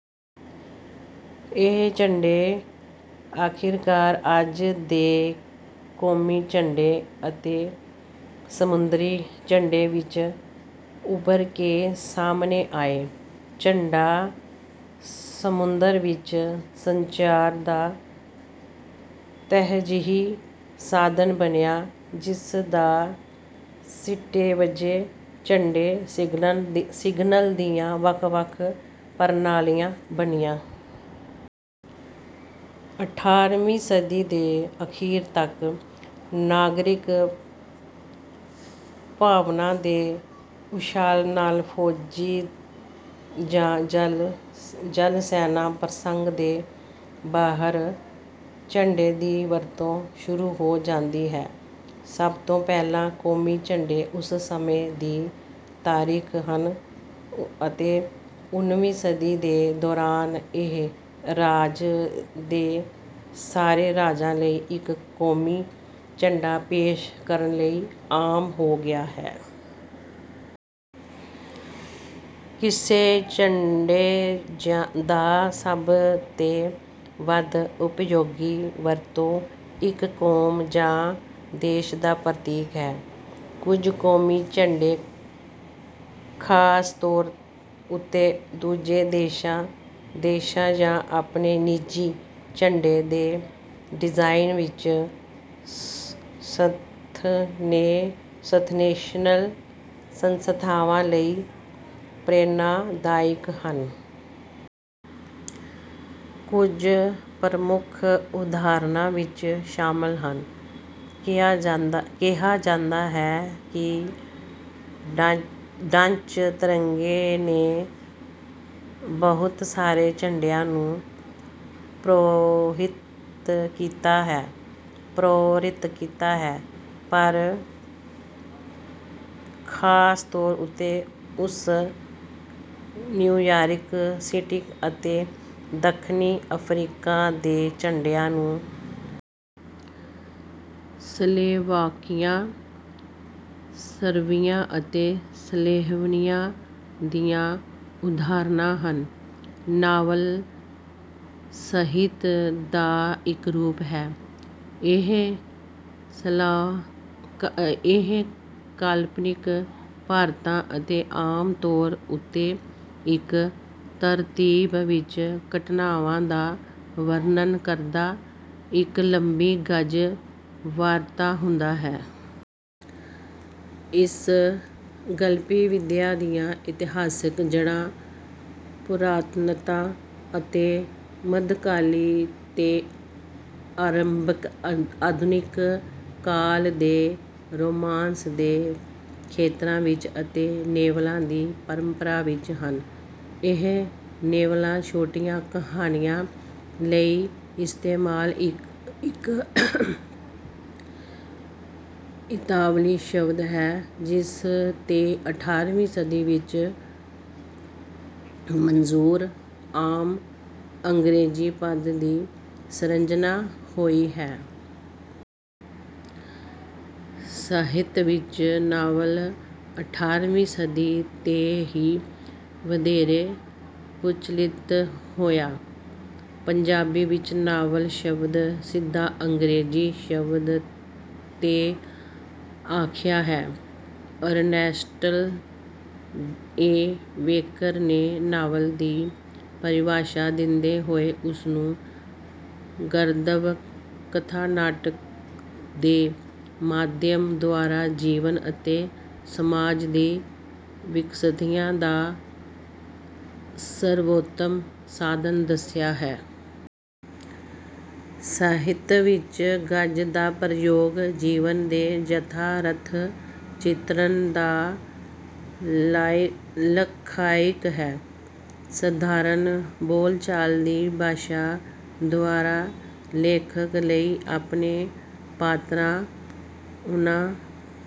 ਇਹ ਝੰਡੇ ਆਖਿਰਕਾਰ ਅੱਜ ਦੇ ਕੌਮੀ ਝੰਡੇ ਅਤੇ ਸਮੁੰਦਰੀ ਝੰਡੇ ਵਿੱਚ ਉੱਭਰ ਕੇ ਸਾਹਮਣੇ ਆਏ। ਝੰਡਾ ਸਮੁੰਦਰ ਵਿੱਚ ਸੰਚਾਰ ਦਾ ਤਰਜੀਹੀ ਸਾਧਨ ਬਣਿਆ ਜਿਸਦਾ ਸਿੱਟੇ ਵਜੋਂ ਝੰਡੇ ਸਿਗਨਲ ਦੀਆਂ ਵੱਖ ਵੱਖ ਪ੍ਰਣਾਲੀਆਂ ਬਣਿਆ। ਅਠਾਰਵੀਂ ਸਦੀ ਦੇ ਅਖੀਰ ਤੱਕ ਨਾਗਰਿਕ ਭਾਵਨਾ ਦੇ ਉਛਾਲ ਨਾਲ ਫੌਜੀ ਜਾਂ ਜਲ ਸੈਨਾ ਪ੍ਰਸੰਗ ਦੇ ਬਾਹਰ ਝੰਡੇ ਦੀ ਵਰਤੋਂ ਸ਼ੁਰੂ ਹੋ ਜਾਂਦੀ ਹੈ। ਸਭ ਤੋਂ ਪਹਿਲਾਂ ਕੌਮੀ ਝੰਡੇ ਉਸ ਸਮੇਂ ਦੀ ਤਾਰੀਖ ਹਨ ਅਤੇ ਓਨਵੀਂ ਸਦੀ ਦੇ ਦੌਰਾਨ ਇਹ ਰਾਜ ਦੇ ਸਾਰੇ ਰਾਜਾਂ ਲਈ ਇੱਕ ਕੌਮੀ ਝੰਡਾ ਪੇਸ਼ ਕਰਨ ਲਈ ਆਮ ਹੋ ਗਿਆ। ਕਿਸੇ ਝੰਡੇ ਦਾ ਸਭ ਤੋਂ ਵੱਧ ਉਪਯੋਗੀ ਵਰਤੋਂ ਇੱਕ ਕੌਮ ਜਾਂ ਦੇਸ਼ ਦਾ ਪ੍ਰਤੀਕ ਹੈ। ਕੁਝ ਕੌਮੀ ਝੰਡੇ ਖਾਸ ਤੌਰ ਉੱਤੇ ਦੂਜੇ ਦੇਸ਼ਾਂ ਦੇਸ਼ਾਂ ਜਾਂ ਆਪਣੇ ਨਿੱਜੀ ਝੰਡੇ ਦੇ ਡਿਜ਼ਾਇਨ ਵਿੱਚ ਸਬਨੈਸ਼ਨਲ ਸੰਸਥਾਵਾਂ ਲਈ ਪ੍ਰੇਰਨਾਦਾਇਕ ਹਨ। ਕੁਝ ਪ੍ਰਮੁੱਖ ਉਦਾਹਰਨਾਂ ਵਿੱਚ ਸ਼ਾਮਲ ਹਨ। ਕਿਹਾ ਜਾਂਦਾ ਹੈ ਕਿ ਡੱਚ ਤਿਰੰਗੇ ਨੇ ਬਹੁਤ ਸਾਰੇ ਝੰਡਿਆਂ ਨੂੰ ਪ੍ਰੇਰਿਤ ਕੀਤਾ ਹੈ ਪਰ ਖਾਸ ਤੌਰ ਉੱਤੇ ਰੂਸ ਨਿਊਯਾਰਕ ਸਿਟੀ ਅਤੇ ਦੱਖਣੀ ਅਫਰੀਕਾ ਦੇ ਝੰਡਿਆਂ ਨੂੰ। ਸਲੋਵਾਕੀਆ ਸਰਬੀਆ ਅਤੇ ਸਲੋਵੀਨੀਆ ਦੀਆਂ ਉਦਾਹਰਣਾਂ ਹਨ। ਨਾਵਲ ਸਾਹਿਤ ਦਾ ਇੱਕ ਰੂਪ ਹੈ। ਇਹ ਕਾਲਪਨਿਕ ਪਾਤਰਾਂ ਅਤੇ ਆਮ ਤੌਰ ਉੱਤੇ ਇੱਕ ਤਰਤੀਬ ਵਿੱਚ ਘਟਨਾਵਾਂ ਦਾ ਵਰਣਨ ਕਰਦਾ ਇੱਕ ਲੰਬੀ ਗਦ ਵਾਰਤਾ ਹੁੰਦਾ ਹੈ। ਇਸ ਗਲਪੀ ਵਿਧਾ ਦੀਆਂ ਇਤਿਹਾਸਕ ਜੜਾਂ ਪੁਰਾਤਨਤਾ ਅਤੇ ਮਧਕਾਲੀ ਤੇ ਆਰੰਭਿਕ ਆਧੁਨਿਕ ਕਾਲ ਦੇ ਰੋਮਾਂਸ ਦੇ ਖੇਤਰਾਂ ਵਿੱਚ ਅਤੇ ਨੋਵਲਾ ਦੀ ਪਰੰਪਰਾ ਵਿੱਚ ਹਨ। ਇਹ ਨੋਵਲਾ ਛੋਟੀਆਂ ਕਹਾਣੀਆਂ ਲਈ ਇਸਤੇਮਾਲ ਇੱਕ ਇਤਾਲਵੀ ਸ਼ਬਦ ਹੈ ਜਿਸ ਤੋਂ ਅਠਾਰਵੀਂ ਸਦੀ ਵਿੱਚ ਮੌਜੂਦ ਆਮ ਅੰਗਰੇਜ਼ੀ ਪਦ ਦੀ ਸਿਰਜਣਾ ਹੋਈ ਹੈ। ਸਾਹਿਤ ਵਿੱਚ ਨਾਵਲ ਅਠਾਰ੍ਹਵੀ ਸਦੀ ਤੋਂ ਹੀ ਵਧੇਰੇ ਪ੍ਰਚਲਿਤ ਹੋਇਆ। ਪੰਜਾਬੀ ਵਿੱਚ ਨਾਵਲ ਸ਼ਬਦ ਸਿਧਾ ਅੰਗਰੇਜ਼ੀ ਸ਼ਬਦ ਤੋਂ ਆਇਆ ਹੈ। ਅਰਨੈਸਟ ਏ ਬੇਕਰ ਨੇ ਨਾਵਲ ਦੀ ਪਰਿਭਾਸ਼ਾ ਦਿੰਦੇ ਹੋਏ ਉਸਨੂੰ ਗਦਬੱਧ ਕਥਾਨਕ ਦੇ ਮਾਧਿਅਮ ਦੁਆਰਾ ਜੀਵਨ ਅਤੇ ਸਮਾਜ ਦੀ ਵਿਆਖਿਆ ਦਾ ਸਰਬੋਤਮ ਸਾਧਨ ਦੱਸਿਆ ਹੈ। ਸਾਹਿਤ ਵਿੱਚ ਗਦ ਦਾ ਪ੍ਰਯੋਗ ਜੀਵਨ ਦੇ ਯਥਾਰਥ ਚਿਤਰਣ ਦਾ ਲਖਾਇਕ ਹੈ। ਸਧਾਰਣ ਬੋਲ ਚਾਲ ਦੀ ਭਾਸ਼ਾ ਦੁਆਰਾ ਲੇਖਕ ਲਈ ਆਪਣੇ ਪਾਤਰਾਂ ਉਨ੍ਹਾਂ